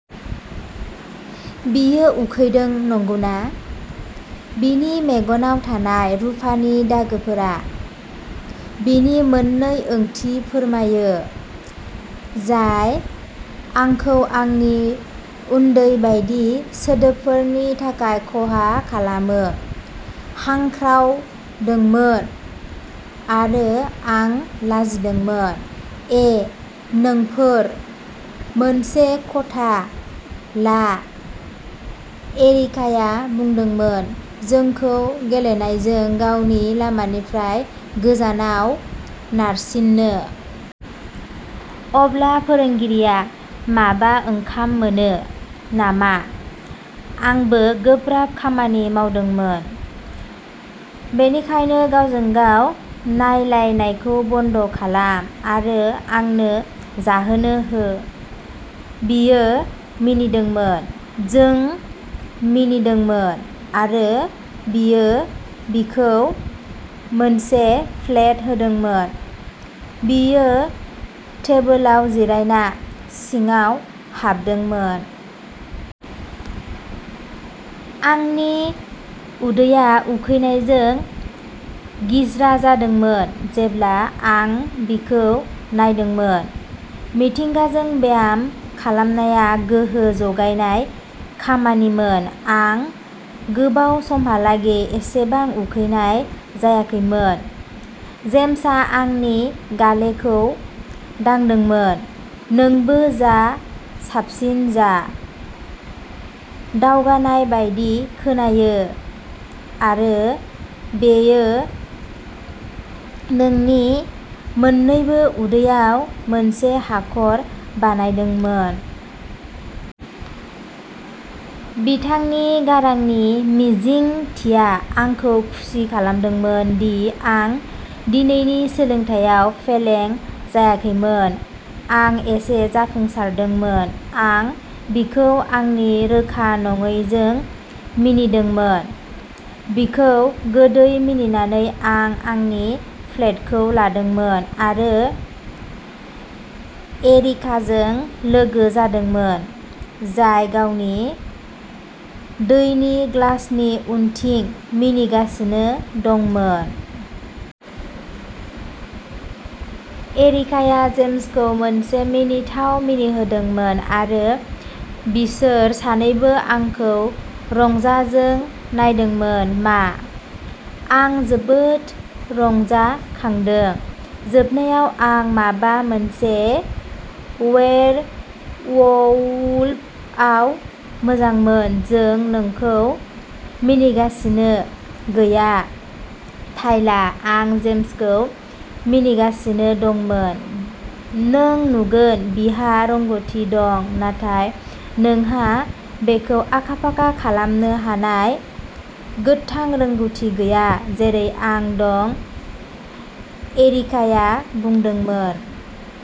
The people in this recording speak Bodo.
"बियो उखैदों, नंगौना? " बिनि मेगनाव थानाय रुफानि दागोफोरा बिनि मोननै ओंथि फोरमायो, जाय आंखौ आंनि उदै बायदि सोदोबफोरनि थाखाय खहा खालामो। हांख्रावदोंमोन, आरो आं लाजिदोंमोन। "ए, नोंफोर। मोनसे खथा ला", एरिकाया बुंदोंमोन, जोंखौ गेलेनायजों गावनि लामानिफ्राय गोजानाव नारसिनो। "अब्ला फोरोंगिरिआ माबा ओंखाम मोनो नामा? आंबो गोब्राब खामानि मावदोंमोन, बेनिखायनो गावजों-गाव नायलायनायखौ बन्द खालाम, आरो आंनो जाहोनो हो। " बियो मिनिदोंमोन। जों मिनिदोंमोन, आरो बियो बिखौ मोनसे प्लेट होदोंमोन। बियो टेबोलाव जिरायना सिङाव हाबदोंमोन। आंनि उदैया उखैनायजों गिज्रा जादोंमोन जेब्ला आं बिखौ नायदोंमोन। मिथिंगाजों ब्याम खालामनाया गोहो जगायनाय खामानिमोन। आं गोबाव समहालागै एसेबां उखैनाय जायाखैमोन। जेम्सआ आंनि गालेखौ दांदोंमोन। "नोंबो जा, साबसिन जा। दावगानाय बायदि खोनायो, आरो बेयो नोंनि मोन्नैबो उदैयाव मोनसे हाखर बानायदोंमोन। " बिथांनि गारांनि मिजिंथिया आंखौ खुसि खालामदोंमोन दि आं दिनैनि सोलोंथायाव फेलें जायाखैमोन। "आं एसे जाफुंसारदोंमोन। " आं बिखौ आंनि रोखा-नङिजों मिनिदोंमोन। बिखौ गोदै मिनिनानै, आं आंनि प्लेटखौ लादोंमोन आरो एरिकाजों लोगो जादोंमोन, जाय गावनि दैनि ग्लासनि उनथिं मिनिगासिनो दंमोन। एरिकाया जेम्सखौ मोनसे मिनिथाव मिनिहोदोंमोन, आरो बिसोर सानैबो आंखौ रंजाजों नायदोंमोन। "मा? आं जोबोद रंजाखांदों। " जोबनायाव, आं माबा मोनसे वेयरवुल्फआव मोजांमोन। "जों नोंखौ मिनिगासिनो गैया, टायला। आं जेम्सखौ मिनिगासिनो दंमोन। नों नुगोन बिहा रोंग'थि दं, नाथाय नोंहा बेखौ आखा-फाखा खालामनो हानाय गोथां रोंग'थि गैया जेरै आं दं", एरिकाया बुंदोंमोन।